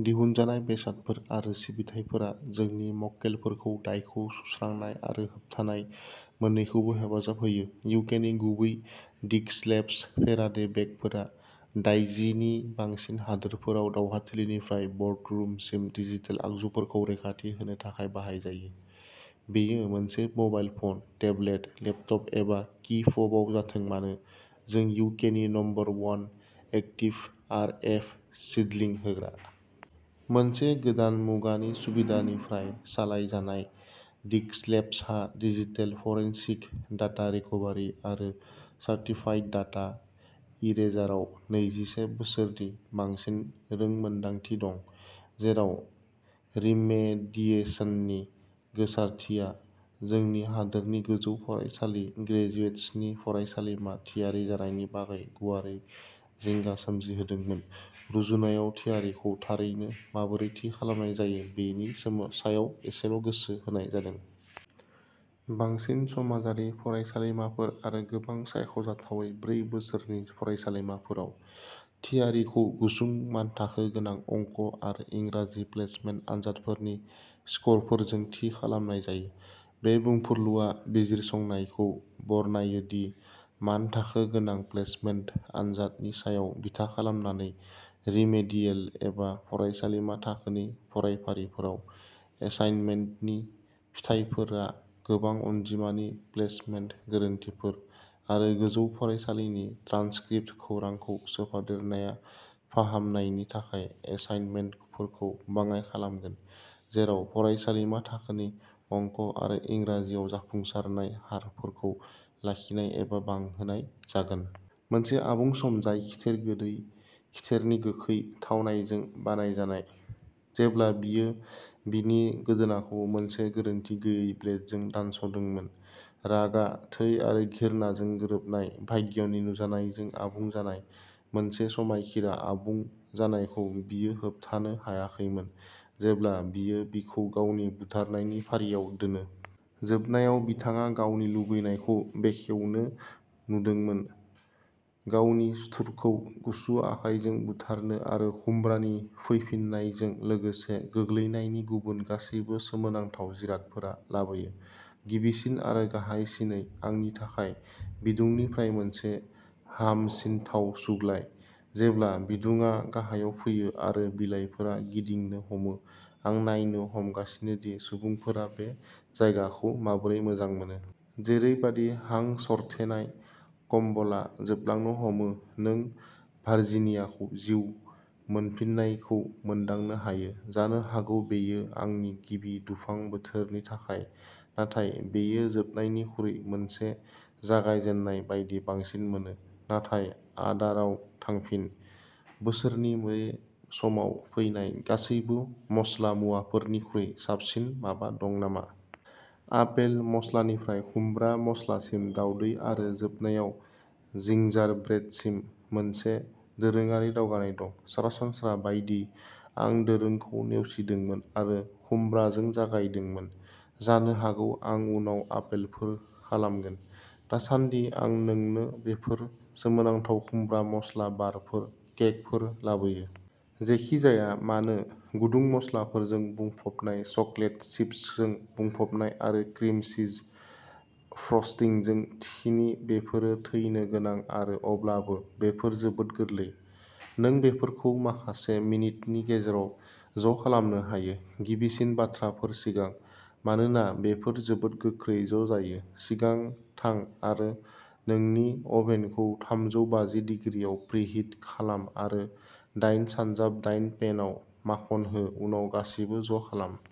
दिहुनजानाय बेसादफोर आरो सिबिथायफोरा जोंनि मक्केलफोरखौ दायखौ सुस्रांनाय आरो होबथानाय मोननैखौबो हेफाजाब होयो। इउकेनि गुबै डिस्कलेब्स फेराडे बेगफोरा दाइजिनि बांसिन हादोरफोराव दावहाथिलिनिफ्राय बर्डरुमसिम डिजिटेल आगजुफोरखौ रैखाथि होनो थाखाय बाहाय जायो। बेयो मोनसे मबाइल फन, टेबलेट, लेपटप एबा कि फबआव जाथों मानो, जों इउकेनि number one active RF shielding होग्रा। मोनसे गोदान मुगानि सुबिदानिफ्राय सालायजानाय डिस्कलेब्सहा डिजिटेल फरेनसिक, डाटा रिकभारि आरो सार्टिफाइड डाटा इरेजाराव नैजिसे बोसोरनि बांसिन रोंमोनदांथि दं। जेराव रिमेडिएसननि गोसारथिया जोंनि हादोरनि गोजौ फरायसालि ग्रेजुएट्सनि फरायसालिमा थियारि जानायनि बागै गुवारै जिंगा सोमजिहोदोंमोन, रुजुनायाव थियारिखौ थारैनो माबोरै थि खालामनाय जायो बेनि समाव सायाव एसेल' गोसो होनाय जादों। बांसिन समाजारि फरायसालिमाफोर आरो गोबां सायख'जाथावै ब्रै बोसोरनि फरायसालिमाफोराव, थियारिखौ गुसुं मानथाखो गोनां अंक आरो इंराजि प्लेसमेन्ट आनजादफोरनि स्करफोरजों थि खालामनाय जायो। बे बुंफुरलुआ बिजिरसंनायखौ बरनायो दि मानथाखो गोनां प्लेसमेन्ट आनजादनि सायाव बिथा खालामनानै रिमेडियेल एबा फरायसालिमा थाखोनि फरायफारिफोराव एसाइनमेन्टनि फिथाइफोरा गोबां अनजिमानि प्लेसमेन्ट गोरोन्थिफोर, आरो गोजौ फरायसालिनि ट्रान्सक्रिप्ट खौरांखौ सोफादेरनाया फाहामनायनि थाखाय एसाइनमेन्टफोरखौ बाङाइ खालामगोन, जेराव फरायसालिमा थाखोनि अंक आरो इंराजियाव जाफुंसारनाय हारफोरखौ लाखिनाय एबा बांहोनाय जागोन। मोनसे आबुं सम जाय खिथेर गोदै खिथेरनि गोखै थावनायजों बानायजानाय, जेब्ला बियो बिनि गोदोनाखौ मोनसे गोरोन्थि गैयै ब्लेडजों दानस'दोंमोन। रागा, थै आरो घिरनाजों गोरोबनाय, भाग्यनि नुजानायजों आबुं जानाय। मोनसे समायखिरा आबुं जानायखौ बियो होबथानो हायाखैमोन जेब्ला बियो बिखौ गावनि बुथारनायनि फारियाव दोनो। जोबनायाव बिथाङा गावनि लुबैनायखौ बेखेवनो नुदोंमोन। गावनि सुथुरखौ गुसु आखायजों बुथारनो आरो खुमब्रानि फैफिननायजों लोगोसे, गोग्लैनायनि गुबुन गासैबो सोमोनांथाव जिरादफोरा लाबोयो। गिबिसिन आरो गाहायसिनै, आंनि थाखाय, बिदुंनिफ्राय मोनसे हामसिनथाव सुग्लाय। जेब्ला बिदुंआ गाहायाव फैयो आरो बिलाइफोरा गिदिंनो हमो, आं नायनो हमगासिनो दि सुबुंफोरा बे जायगाखौ माबोरै मोजां मोनो। जेरैबादि हां सरथेनाय कम्बलआ जोबलांनो हमो, नों भार्जिनियाखौ जिउ मोनफिननायखौ मोनदांनो हायो। जानो हागौ बेयो आंनि गिबि दुफां बोथोरनि थाखाय, नाथाय बेयो जोबनायनिख्रुइ मोनसे जागायजेननाय बायदि बांसिन मोनो। नाथाय आदाराव थांफिन। बोसोरनि बे समाव फैनाय गासैबो मस्ला मुवाफोरनिख्रुइ साबसिन माबा दं नामा? आपेल मस्लानिफ्राय खुमब्रा मस्लासिम दावदै आरो जोबनायाव जिंजारब्रेडसिम मोनसे दोरोङारि दावगानाय दं। सरासनस्रा बायदि, आं दोरोंखौ नेवसिदोंमोन आरो खुमब्राजों जागायदोंमोन। जानो हागौ आं उनाव आपेलफोर खालामगोन। दासानदि, आं नोंनो बेफोर सोमोनांथाव खुमब्रा मस्ला बारफोर केकफोर लाबोयो? जेखि जाया मानो गुदुं मस्लाफोरजों बुंफबनाय चकलेट चिप्सजों बुंफबनाय आरो क्रिम चीज फ्रस्टिंजों थिखिनि बेफोरो थैनो गोनां आरो अब्लाबो, बेफोर जोबोद गोरलै, नों बेफोरखौ माखासे मिनिटनि गेजेराव ज'खालामनो हायो। गिबिसिन बाथ्राफोर सिगां। मानोना बेफोर जोबोद गोख्रै ज'जायो, सिगां थां आरो नोंनि अभेनखौ थामजौ बाजि दिग्रिआव प्रीहिट खालाम आरो दाइन सानजाब दाइन पेनआव माखन हो उनाव गासिबो ज' खालाम।